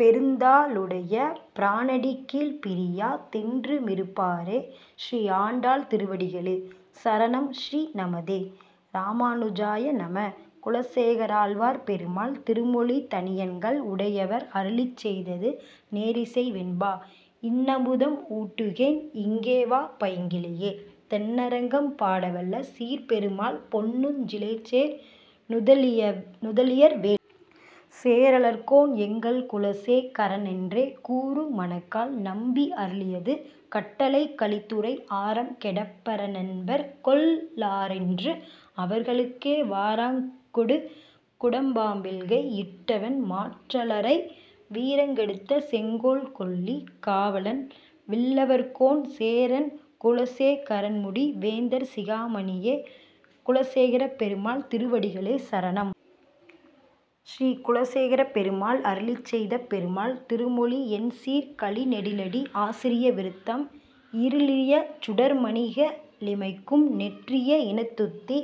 பெருந்தா ளுடைய பிரானடிக்கீழ்ப் பிரியா தென்று மிருப்பாரே. ஸ்ரீ ஆண்டாள் திருவடிகளே சரணம் ஸ்ரீ: ஸ்ரீமதே ராமாநுஜாய நம: குலசேகராழ்வார் பெருமாள் திருமொழி தனியன்கள் உடயவர் அருளிச் செய்தது நேரிசை வெண்பா இன்னமுதம் ஊட்டுகேன் இங்கேவா பைங்கிளியே தென்னரங்கம் பாடவல்ல சீர்ப்பெருமாள் பொன்னஞ் சிலைசேர் நுதலியர்வேள் சேரலர்கோன் எங்கள் குலசே கரனென்றே கூறு மணக்கால் நம்பி அருளியது கட்டளைக் கலித்துறை ஆரம் கெடப்பர னன்பர்கொள் ளாரென்று அவர்களுக்கே வாரங் கொடுகுடப் பாம்பில்கை யிட்டவன் மாற்றலரை வீரங் கெடுத்தசெங் கோல்கொல்லி காவலன் வில்லவர்கோன் சேரன் குலசே கரன்முடி வேந்தர் சிகாமணியே குலசேகரப்பெருமாள் திருவடிகளே சரணம் ஸ்ரீ: குலசேகரப்பெருமாள் அருளிச்செய்த பெருமாள் திருமொழி எண்சீர்க் கழிநெடிலடி ஆசிரிய விருத்தம் இருளிரியச் சுடர்மணிக ளிமைக்கும் நெற்றிய இனத்துத்தி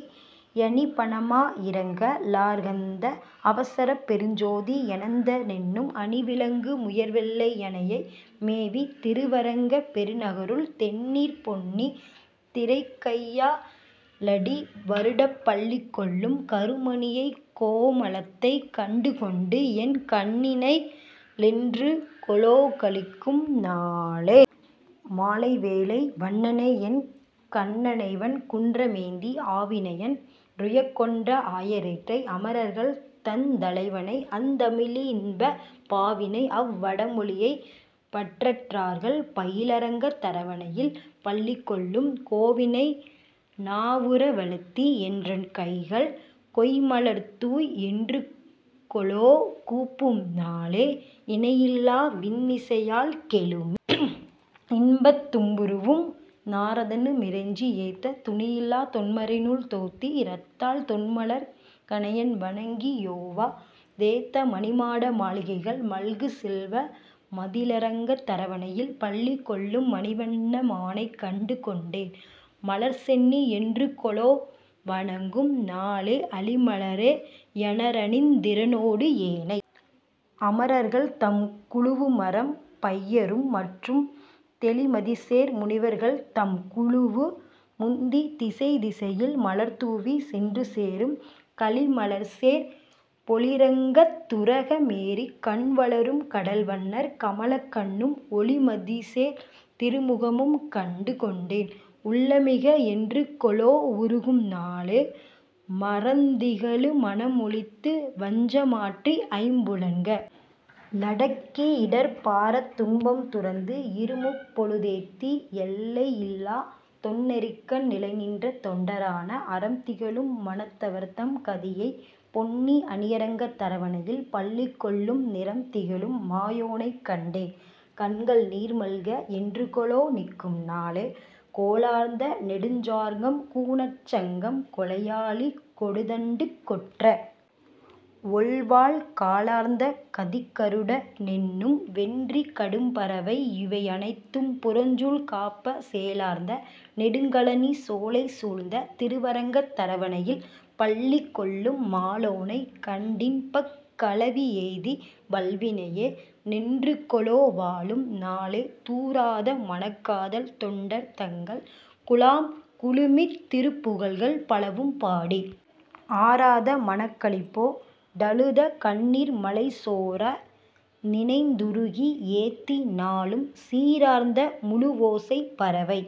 யணிபணமா யிரங்க ளார்ந்த அரவரசப் பெருஞ்சோதி யனந்த னென்னும் அணிவிளங்கு முயர்வெள்ளை யணையை மேவி திருவரங்கப் பெருநகருள் தெண்ணீர்ப் பொன்னி திரைக்கையா லடிவருடப் பள்ளி கொள்ளும் கருமணியைக் கோமளத்தைக் கண்டு கொண்டு என் கண்ணிணைக ளென்றுகொலோ களிக்கும் நாளே. மாலை வேலை வண்ணணைஎன் கண்ணணைவன் குன்ற மேந்தி ஆவினையன் றுயக்கொண்ட ஆய ரேற்றை அமரர்கள்தந் தலைவனைஅந் தமிழி னின்பப் பாவினைஅவ் வடமொழியைப் பற்றற் றார்கள் பயிலரங்கத் தரவணையில் பள்ளி கொள்ளும் கோவினைநா வுறவழுத்தி என்றன் கைகள் கொய்ம்மலர்தூய் என்றுகொலோ கூப்பும் நாளே இணையில்லா வின்னிசையாழ் கெழுமி யின்பத் தும்புருவும் நாரதனு மிறைஞ்சி யேத்த துணியில்லாத் தொன்மறைநூல் தோத்தி ரத்தால் தொன்மலர்க்க ணயன்வணங்கி யோவா தேத்த மணிமாட மாளிகைகள் மல்கு செல்வ மதிளரங்கத் தரவணையில் பள்ளி கொள்ளும் மணிவண்ண னம்மானைக் கண்டு கொண்டென் மலர்சென்னி யென்றுகொலோ வணங்கும் நாளே அளிமலர்மே லயனரனிந் திரனோடு ஏனை அமரர்கள்தம் குழுவுமரம் பையரும் மற்றும் தெளிமதிசேர் முனிவர்கள்தம் குழுவு முந்தித் திசைதிசையில் மலர்தூவிச் சென்று சேரும் களிமலர்சேர் பொழிலரங்கத் துரக மேறிக் கண்வளரும் கடல்வண்ணர் கமலக் கண்ணும் ஒளிமதிசேர் திருமுகமும் கண்டு கொண்டென் உள்ளமிக என்றுகொலோ வுருகும் நாளே மறந்திகழு மனமொழித்து வஞ்ச மாற்றி ஐம்புலன்க ளடக்கியிடர்ப் பாரத் துன்பம் துறந்து, இருமுப் பொழுதேத்தி யெல்லை யில்லாத் தொன்னெறிக்கண் நிலைநின்ற தொண்டரான அறம்திகழும் மனத்தவர்தம் கதியைப் பொன்னி அணியரங்கத் தரவணையில் பள்ளி கொள்ளும் நிறம்திகழும் மாயோனைக் கண்டென் கண்கள் நீர்மல்க என்றுகொலோ நிற்கும் நாளே கோலார்ந்த நெடுஞ்சார்ங்கம் கூனற் சங்கம் கொலையாழி கொடுந்தண்டு கொற்ற வொள்வாள் காலார்ந்த கதிக்கருட னென்னும் வென்றிக் கடும்பறவை யிவையனைத்தும் புறஞ்சூழ் காப்ப சேலார்ந்த நெடுங்கழனி சோலை சூழ்ந்த திருவரங்க தரவணையில் பள்ளி கொள்ளும் மாலோனைக் கண்டின்பக் கலவி யெய்தி வல்வினையே னென்றுகொலோ வாழும் நாளே தூராத மனக்காதல் தொண்டர் தங்கள் குழாம்குழுமித் திருப்புகழ்கள் பலவும் பாடி ஆராத மனக்களிப்போ டழுத கண்ணீர் மழைசோர நினைந்துருகி யேத்தி நாளும் சீரார்ந்த முழுவோசை பரவை